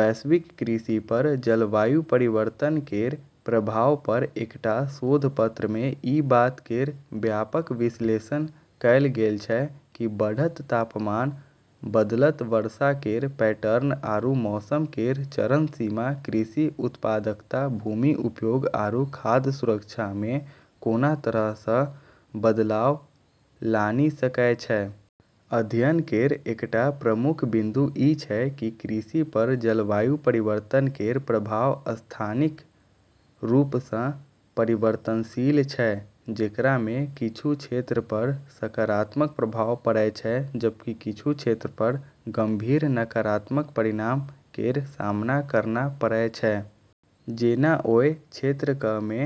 वैश्विक कृषि पर जलवायु परिवर्तन केर प्रभाव पर एकटा शोध पत्र मे ई बात केर व्यापक विश्लेषण कएल गेल छै कि बढ़त तापमान, बदलत वर्षा केर पैटर्न, आरू मौसम केर चरम सीमा कृषि उत्पादकता, भूमि उपयोग, आरू खाद्य सुरक्षा मे कोना तरह सँ बदलाव लानी सकै छै। अध्ययन केर एकटा प्रमुख बिंदु ई छै कि कृषि पर जलवायु परिवर्तन केर प्रभाव स्थानिक रूप सँ परिवर्तनशील छै, जेकरा मे किछु क्षेत्र पर सकारात्मक प्रभाव पड़ै छै जबकि किछु क्षेत्र पर गंभीर नकारात्मक परिणाम केर सामना करना पड़ै छै। जेना, ओय क्षेत्रक मे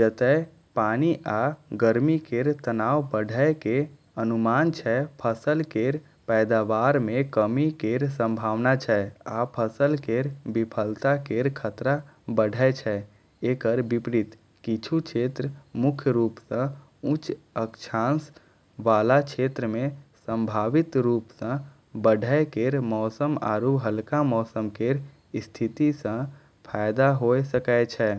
जतय पानि आ गर्मी केर तनाव बढ़य केर अनुमान छै, फसल केर पैदावार मे कमी केर संभावना छै, आ फसल केर विफलता केर खतरा बढ़य छै। एकर विपरीत, किछु क्षेत्र, मुख्य रूप सँ उच्च अक्षांश वाला क्षेत्र मे संभावित रूप सँ बढ़ै केर मौसम आरू हल्का मौसम केर स्थिति सँ फायदा होय सकै छै।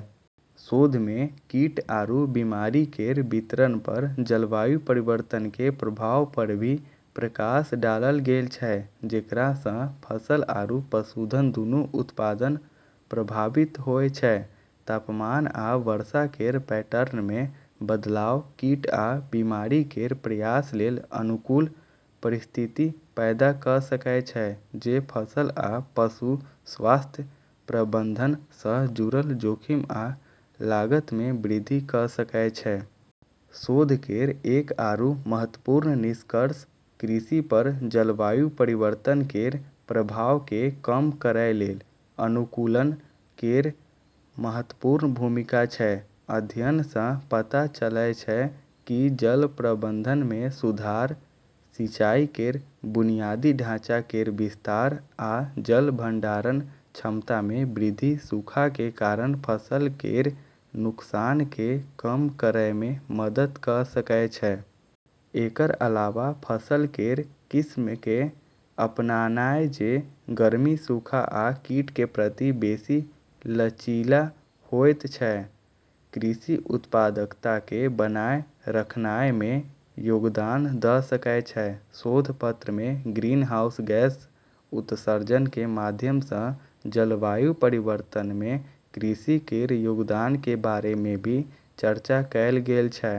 शोध मे कीट आरू बीमारी केर वितरण पर जलवायु परिवर्तन के प्रभाव पर भी प्रकाश डालल गेल छै, जेकरा सँ फसल आरू पशुधन दूनू उत्पादन प्रभावित होय छै। तापमान आ वर्षा केर पैटर्न मे बदलाव कीट आ बीमारी केर प्रसार लेल अनुकूल परिस्थिति पैदा कऽ सकय छै, जे फसल आ पशु स्वास्थ्य प्रबंधन सँ जुड़ल जोखिम आ लागत मे वृद्धि कऽ सकय छै। शोध केर एक आरू महत्वपूर्ण निष्कर्ष कृषि पर जलवायु परिवर्तन केर प्रभाव के कम करै लेल अनुकूलन केर महत्वपूर्ण भूमिका छै। अध्ययन सँ पता चलै छै कि जल प्रबंधन मे सुधार, सिंचाई केर बुनियादी ढाँचा केर विस्तार, आ जल भंडारण क्षमता मे वृद्धि सूखा के कारण फसल केर नुकसान के कम करय मे मदद कऽ सकय छै। एकर अलावा, फसल केर किस्म के अपनानाय जे गर्मी, सूखा आ कीट के प्रति बेसि लचीला होयत छै, कृषि उत्पादकता के बनाए रखनाय मे योगदान दऽ सकय छै। शोध पत्र मे ग्रीनहाउस गैस उत्सर्जन के माध्यम सँ जलवायु परिवर्तन मे कृषि केर योगदान के बारे मे भी चर्चा कएल गेल छै।